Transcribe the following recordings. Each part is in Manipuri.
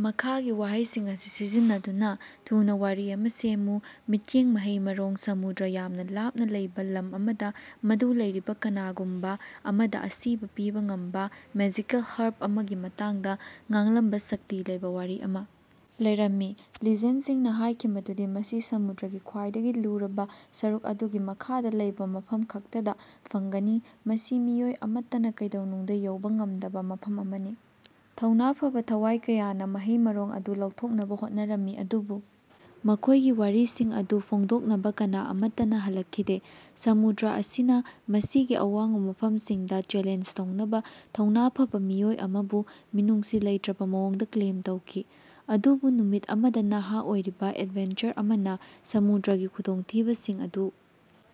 ꯃꯈꯥꯒꯤ ꯋꯥꯍꯩꯁꯤꯡ ꯑꯁꯤ ꯁꯤꯖꯤꯟꯅꯗꯨꯅ ꯊꯨꯅ ꯋꯥꯔꯤ ꯑꯃ ꯁꯦꯝꯃꯨ ꯃꯤꯠꯌꯦꯡ ꯃꯍꯩ ꯃꯔꯣꯡ ꯁꯃꯨꯗ꯭ꯔ ꯌꯥꯝꯅ ꯂꯥꯞꯅ ꯂꯩꯕ ꯂꯝ ꯑꯃꯗ ꯃꯗꯨ ꯂꯩꯔꯤꯕ ꯀꯅꯥꯒꯨꯝꯕ ꯑꯃꯗ ꯑꯁꯤꯕ ꯄꯤꯕ ꯉꯝꯕ ꯃꯦꯖꯤꯀꯦꯜ ꯍꯔꯕ ꯑꯃꯒꯤ ꯃꯇꯥꯡꯗ ꯉꯥꯡꯂꯝꯕ ꯁꯛꯇꯤ ꯂꯩꯕ ꯋꯥꯔꯤ ꯑꯃ ꯂꯩꯔꯝꯃꯤ꯫ ꯂꯤꯖꯦꯟꯗꯁꯤꯡꯅ ꯍꯥꯏꯈꯤ ꯃꯗꯨꯗꯤ ꯃꯁꯤ ꯁꯃꯨꯗ꯭ꯔꯒꯤ ꯈ꯭ꯋꯥꯏꯗꯒꯤ ꯂꯨꯔꯕ ꯁꯔꯨꯛ ꯑꯗꯨꯒꯤ ꯃꯈꯥꯗ ꯂꯩꯕ ꯃꯐꯝ ꯈꯛꯇꯗ ꯐꯪꯒꯅꯤ ꯃꯁꯤ ꯃꯤꯑꯣꯏ ꯑꯃꯠꯇꯅ ꯀꯩꯗꯧꯅꯨꯡꯗ ꯌꯧꯕ ꯉꯝꯗꯕ ꯃꯐꯝ ꯑꯃꯅꯤ꯫ ꯊꯧꯅ ꯐꯕꯥ ꯊꯋꯥꯏ ꯀꯌꯥꯅ ꯃꯍꯩ ꯃꯔꯣꯡ ꯑꯗꯨ ꯂꯧꯊꯣꯛꯅꯕ ꯍꯣꯠꯅꯔꯝꯃꯤ ꯑꯗꯨꯕꯨ ꯃꯈꯣꯏꯒꯤ ꯋꯥꯔꯤꯁꯤꯡ ꯑꯗꯨ ꯐꯣꯡꯗꯣꯛꯅꯕ ꯀꯅꯥ ꯑꯃꯠꯇꯅ ꯍꯜꯂꯛꯈꯤꯗꯦ꯫ ꯁꯃꯨꯗ꯭ꯔ ꯑꯁꯤꯅ ꯃꯁꯤꯒꯤ ꯑꯋꯥꯡꯕ ꯃꯐꯝꯁꯤꯡꯗ ꯆꯦꯂꯦꯟꯖ ꯇꯧꯅꯕ ꯊꯧꯅ ꯐꯕꯥ ꯃꯤꯑꯣꯏ ꯑꯃꯕꯨ ꯃꯤꯅꯨꯡꯁꯤ ꯂꯩꯇ꯭ꯔꯕ ꯃꯑꯣꯡꯗ ꯀ꯭ꯂꯦꯝ ꯇꯧꯈꯤ꯫ ꯑꯗꯨꯕꯨ ꯅꯨꯃꯤꯠ ꯑꯃꯗ ꯅꯍꯥ ꯑꯣꯏꯔꯤꯕ ꯑꯦꯗꯚꯦꯟꯆꯔ ꯑꯃꯅ ꯁꯃꯨꯗ꯭ꯔꯒꯤ ꯈꯨꯗꯣꯡꯊꯤꯕꯁꯤꯡ ꯑꯗꯨ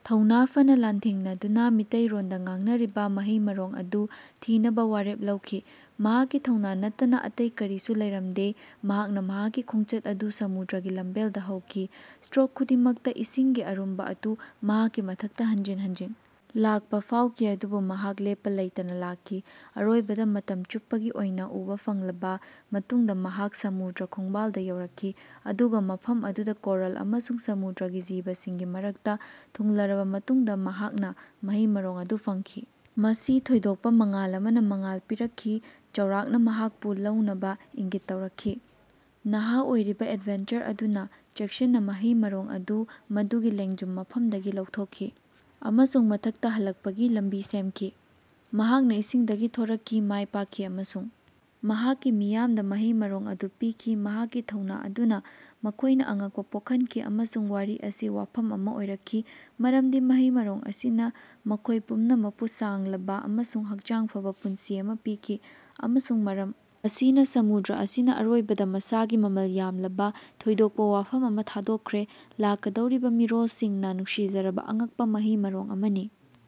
ꯊꯧꯅ ꯐꯅꯥ ꯂꯥꯟꯊꯦꯡꯅꯗꯨꯅ ꯃꯤꯇꯩꯔꯣꯟꯗ ꯉꯥꯡꯅꯔꯤꯕ ꯃꯍꯩ ꯃꯔꯣꯡ ꯑꯗꯨ ꯊꯤꯅꯕ ꯋꯥꯔꯦꯞ ꯂꯧꯈꯤ꯫ ꯃꯍꯥꯛꯀꯤ ꯊꯧꯅ ꯅꯠꯇꯅ ꯑꯇꯩ ꯀꯔꯤꯁꯨ ꯂꯩꯔꯝꯗꯦ ꯃꯍꯥꯛꯅ ꯃꯍꯥꯛꯀꯤ ꯈꯣꯡꯆꯠ ꯑꯗꯨ ꯁꯃꯨꯗ꯭ꯔꯒꯤ ꯂꯝꯕꯦꯜꯗ ꯍꯧꯈꯤ꯫ ꯁꯇꯔꯣꯛ ꯈꯨꯗꯤꯡꯃꯛꯇ ꯏꯁꯤꯡꯒꯤ ꯑꯔꯨꯝꯕ ꯑꯗꯨ ꯃꯍꯥꯛꯀꯤ ꯃꯊꯛꯇ ꯍꯟꯖꯤꯟ ꯍꯟꯖꯤꯟ ꯂꯥꯛꯄ ꯐꯥꯎꯈꯤ ꯑꯗꯨꯕꯨ ꯃꯍꯥꯛ ꯂꯦꯞꯄ ꯂꯩꯇꯅ ꯂꯥꯛꯈꯤ꯫ ꯑꯔꯣꯏꯕꯗ ꯃꯇꯝ ꯆꯨꯞꯄꯒꯤ ꯑꯣꯏꯅ ꯎꯕꯥ ꯐꯪꯂꯕ ꯃꯇꯨꯡꯗ ꯃꯍꯥꯛ ꯁꯃꯨꯗ꯭ꯔ ꯈꯣꯡꯕꯥꯜꯗ ꯌꯧꯔꯛꯈꯤ꯫ ꯑꯗꯨꯒ ꯃꯐꯝ ꯑꯗꯨꯗ ꯀꯣꯔꯜ ꯑꯃꯁꯨꯡ ꯁꯃꯨꯗ꯭ꯔꯒꯤ ꯖꯤꯕꯁꯤꯡꯒꯤ ꯃꯔꯛꯇ ꯊꯨꯡꯂꯔꯕ ꯃꯇꯨꯡꯗ ꯃꯍꯥꯛꯅ ꯃꯍꯩ ꯃꯔꯣꯡ ꯑꯗꯨ ꯐꯪꯈꯤ꯫ ꯃꯁꯤ ꯊꯣꯏꯗꯣꯛꯄ ꯃꯉꯥꯜ ꯑꯃꯅ ꯃꯉꯥꯜ ꯄꯤꯔꯛꯈꯤ ꯆꯥꯎꯔꯥꯛꯅ ꯃꯍꯥꯛꯄꯨ ꯂꯧꯅꯕ ꯏꯪꯒꯤꯠ ꯇꯧꯔꯛꯈꯤ꯫ ꯅꯍꯥ ꯑꯣꯏꯔꯤꯕ ꯑꯦꯗꯚꯦꯟꯆꯔ ꯑꯗꯨꯅ ꯆꯦꯛꯁꯤꯟꯅ ꯃꯍꯩ ꯃꯔꯣꯡ ꯑꯗꯨ ꯃꯗꯨꯒꯤ ꯂꯦꯡꯖꯨꯝ ꯃꯐꯝꯗꯒꯤ ꯂꯧꯊꯣꯛꯈꯤ ꯑꯃꯁꯨꯡ ꯃꯊꯛꯇ ꯍꯜꯂꯛꯄꯒꯤ ꯂꯝꯕꯤ ꯁꯦꯝꯈꯤ꯫ ꯃꯍꯥꯛꯅ ꯏꯁꯤꯡꯗꯒꯤ ꯊꯣꯔꯛꯈꯤ ꯃꯥꯏꯄꯥꯛꯈꯤ ꯑꯃꯁꯨꯡ ꯃꯍꯥꯛꯀꯤ ꯃꯤꯌꯥꯝꯗ ꯃꯍꯩ ꯃꯔꯣꯡ ꯑꯗꯨ ꯄꯤꯈꯤ꯫ ꯃꯍꯥꯛꯀꯤ ꯊꯧꯅ ꯑꯗꯨꯅ ꯃꯈꯣꯏꯅ ꯑꯉꯛꯄ ꯄꯣꯛꯍꯟꯈꯤ ꯑꯃꯁꯨꯡ ꯋꯥꯔꯤ ꯑꯁꯤ ꯋꯥꯐꯝ ꯑꯃ ꯑꯣꯏꯔꯛꯈꯤ ꯃꯔꯝꯗꯤ ꯃꯍꯩ ꯃꯔꯣꯡ ꯑꯁꯤꯅ ꯃꯈꯣꯏ ꯄꯨꯝꯅꯃꯛꯄꯨ ꯁꯥꯡꯂꯕ ꯑꯃꯁꯨꯡ ꯍꯛꯆꯥꯡ ꯐꯕꯥ ꯄꯨꯟꯁꯤ ꯑꯃ ꯄꯤꯈꯤ꯫ ꯑꯃꯁꯨꯡ ꯃꯔꯝ ꯑꯁꯤꯅ ꯁꯃꯨꯗ꯭ꯔ ꯑꯁꯤꯅ ꯑꯔꯣꯏꯕꯗ ꯃꯁꯥꯒꯤ ꯃꯃꯜ ꯌꯥꯝꯂꯕ ꯊꯣꯏꯗꯣꯛꯄ ꯋꯥꯐꯝ ꯑꯃ ꯊꯥꯗꯣꯛꯈ꯭ꯔꯦ ꯂꯥꯛꯀꯗꯧꯔꯤꯕ ꯃꯤꯔꯣꯜꯁꯤꯡꯅ ꯅꯨꯡꯁꯤꯖꯔꯕ ꯑꯉꯛꯄ ꯃꯍꯩ ꯃꯔꯣꯡ ꯑꯃꯅꯤ